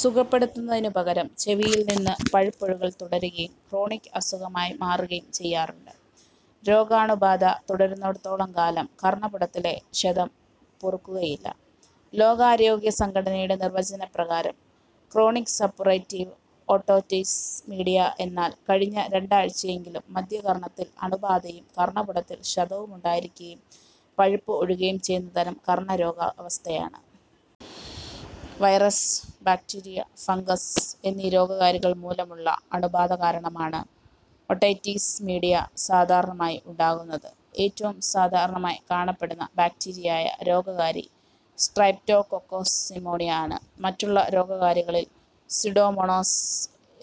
സുഖപ്പെടുത്തുന്നതിനു പകരം ചെവിയിൽ നിന്നുള്ള പഴുപ്പൊഴുകൽ തുടരുകയും ക്രോണിക് അസുഖമായി മാറുകയും ചെയ്യാറുണ്ട്. രോഗാണുബാധ തുടരുന്നിടത്തോളം കാലം കർണ്ണപുടത്തിലെ ക്ഷതം പൊറുക്കുകയില്ല. ലോകാരോഗ്യ സംഘടനയുടെ നിർവചനപ്രകാരം ക്രോണിക് സപ്പുറേറ്റീവ് ഓട്ടൈറ്റിസ് മീഡിയ എന്നാൽ "കഴിഞ്ഞ രണ്ടാഴ്ച്ചയായെങ്കിലും മദ്ധ്യകർണ്ണത്തിൽ അണുബാധയും, കർണ്ണപുടത്തിൽ ക്ഷതമുണ്ടായിരിക്കുകയും, പഴുപ്പ് ഒഴുകുകയും ചെയ്യുന്ന തരം കർണ്ണരോഗാവസ്ഥയാണ്". വൈറസ്, ബാക്ടീരിയ, ഫങ്കസ് എന്നീ രോഗകാരികൾ മൂലമുള്ള അണുബാധ കാരണമാണ് ഓട്ടൈറ്റിസ് മീഡിയ സാധാരണമായി ഉണ്ടാകുന്നത്. ഏറ്റവും സാധാരണമായി കാണപ്പെടുന്ന ബാക്ടീരിയയായ രോഗകാരി സ്ട്രെപ്റ്റോകോക്കസ് ന്യൂമോണിയെ ആണ്. മറ്റുള്ള രോഗകാരികളിൽ സ്യൂഡോമോണാസ്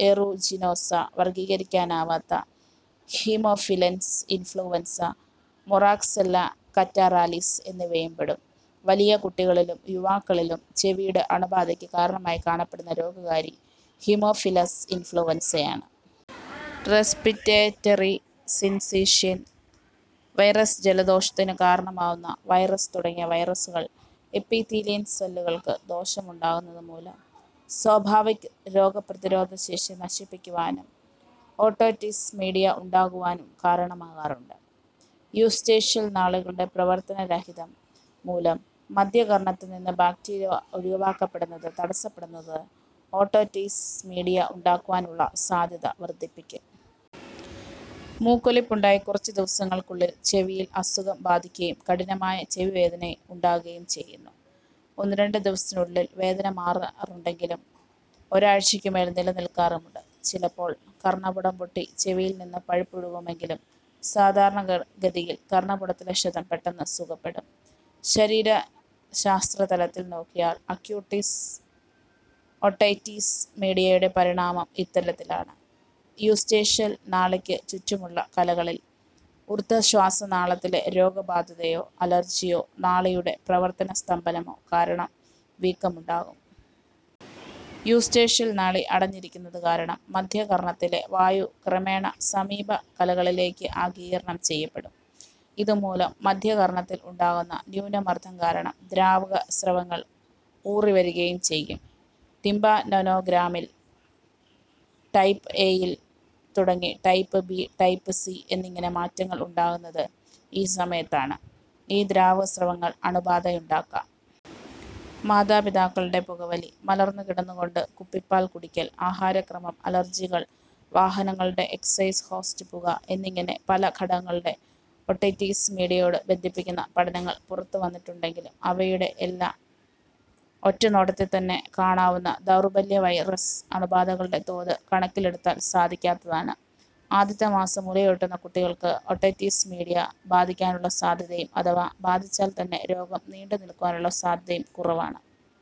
ഏറൂജിനോസ, വർഗ്ഗീകരിക്കാനാവാത്ത ഹീമോഫിലസ് ഇൻഫ്ലുവൻസ, മൊറാക്സെല്ല കറ്റാറാലിസ് എന്നിവയും പെടും. വലിയ കുട്ടികളിലും യുവാക്കളിലും ചെവിയുടെ അണുബാധയ്ക്ക് കാരണമായി കാണപ്പെടുന്ന രോഗകാരി ഹീമോഫിലസ് ഇൻഫ്ലുവൻസയാണ്. റെസ്പിറേറ്ററി സിൻസീഷ്യൽ വൈറസ് ജലദോഷത്തിന് കാരണമായ വൈറസ് തുടങ്ങിയ വൈറസുകൾ എപ്പിത്തീലിയൽ സെല്ലുകൾക്ക് ദോഷമുണ്ടാക്കുന്നതു മൂലം സ്വാഭാവിക് രോഗപ്രതിരോധ ശേഷി നശിപ്പിക്കു വാൻ ഓട്ടൈറ്റിസ് മീഡിയ ഉണ്ടാക്കുവാൻ കാരണമാകാറുണ്ട്. യൂസ്റ്റേഷ്യൻ നാളിയുടെ പ്രവർത്തനരാഹിത്യം, മൂലം മദ്ധ്യകർണ്ണത്തിൽ നിന്ന് ബാക്ടീരിയ ഒഴിവാക്കപ്പെടുന്നത് തടസ്സപ്പെടുന്നത് ഓട്ടൈറ്റിസ് മീഡിയ ഉണ്ടാക്കുവാൻ സാധ്യത വർദ്ധിപ്പിക്കും. മൂക്കൊലിപ്പ് ഉണ്ടായി കുറച്ചുദിവസങ്ങൾക്കുള്ളിൽ ചെവിയെ അസുഖം ബാധിക്കുകയും കഠിനമായ ചെവി വേദന ഉണ്ടാവുകയും ചെയ്യും. ഒന്നുരണ്ട് ദിവസങ്ങൾക്കുള്ളിൽ വേദന മാറാറുണ്ടെങ്കിലും ഒരാഴ്ച്ചയ്ക്കുമേൽ നിലനില്ക്കാറുമുണ്ട്. ചിലപ്പോൾ കർണ്ണപുടം പൊട്ടി ചെവിയിൽ നിന്നും പഴുപ്പൊഴുകുമെങ്കിലും സാധാരണ ഗതിയിൽ കർണ്ണപുടത്തിലെ ക്ഷതം പെട്ടെന്ന് സുഖപ്പെടും. ശരീരശാസ്ത്രതലത്തിൽ നോക്കിയാൽ അക്യൂട്ട് ഓട്ടൈറ്റിസ് മീഡിയയുടെ പരിണാമം ഇത്തരത്തിലാണ്: യൂസ്റ്റേഷ്യൻ നാളിക്ക് ചുറ്റുമുള്ള കലകളിൽ ഊർദ്ധ്വ ശ്വാസനാളത്തിലെ രോഗബാധയോ അലർജ്ജിയോ, നാളിയുടെ പ്രവർത്തനസ്തംഭനമോ കാരണം വീക്കമുണ്ടാകും. യൂസ്റ്റേഷ്യൻ നാളി അടഞ്ഞിരിക്കുന്നത് കാരണം മദ്ധ്യകർണ്ണത്തിലെ വായു ക്രമേണ സമീപകലകളിലേക്ക് ആഗിരണം ചെയ്യപ്പെടും. ഇതുമൂലം മദ്ധ്യകർണ്ണത്തിൽ ഉണ്ടാകുന്ന ന്യൂനമർദ്ദം കാരണം ദ്രാവക സ്രവങ്ങൾ ഊറിവരികയും ചെയ്യും. ടിമ്പാനോഗ്രാമിൽ ടൈപ്പ് എ-യിൽ തുടങ്ങി ടൈപ്പ്-ബി, ടൈപ്പ്-സി എന്നിങ്ങനെ മാറ്റങ്ങൾ ഉണ്ടാകുന്നത് ഈ സമയത്താണ്. ഈ ദ്രാവക സ്രവങ്ങൾ അണുബാധയുണ്ടാകാം. മാതാപിതാക്കളുടെ പുകവലി, മലർന്നുകിടന്നുകൊണ്ട് കുപ്പിപ്പാൽ കുടിക്കൽ, ആഹാരക്രമം, അലർജികൾ, വാഹനങ്ങളുടെ എക്സ്ഹോസ്റ്റ് പുക എന്നിങ്ങനെ പല ഘടകങ്ങളെ ഓട്ടൈറ്റിസ് മീഡിയയോട് ബന്ധിപ്പിക്കുന്ന പഠനങ്ങൾ പുറത്തുവന്നിട്ടുണ്ടെങ്കിലും അവയുടെയെല്ലാം ഒറ്റനോട്ടത്തിൽത്തന്നെ കാണാവുന്ന ദൗർബല്യം വൈറസ് അണുബാധയുടെ തോത് കണക്കിലെടുക്കാൻ സാധിക്കാത്തതാണ്. ആദ്യത്തെ മാസം മുലയൂട്ടപ്പെടുന്ന കുട്ടികൾക്ക് ഓട്ടൈറ്റിസ് മീഡിയ ബാധിക്കാനുള്ള സാധ്യതയും അഥവാ ബാധിച്ചാൽത്തന്നെ രോഗം നീണ്ടുനിൽക്കാനുള്ള സാധ്യതയും കുറവാണ്.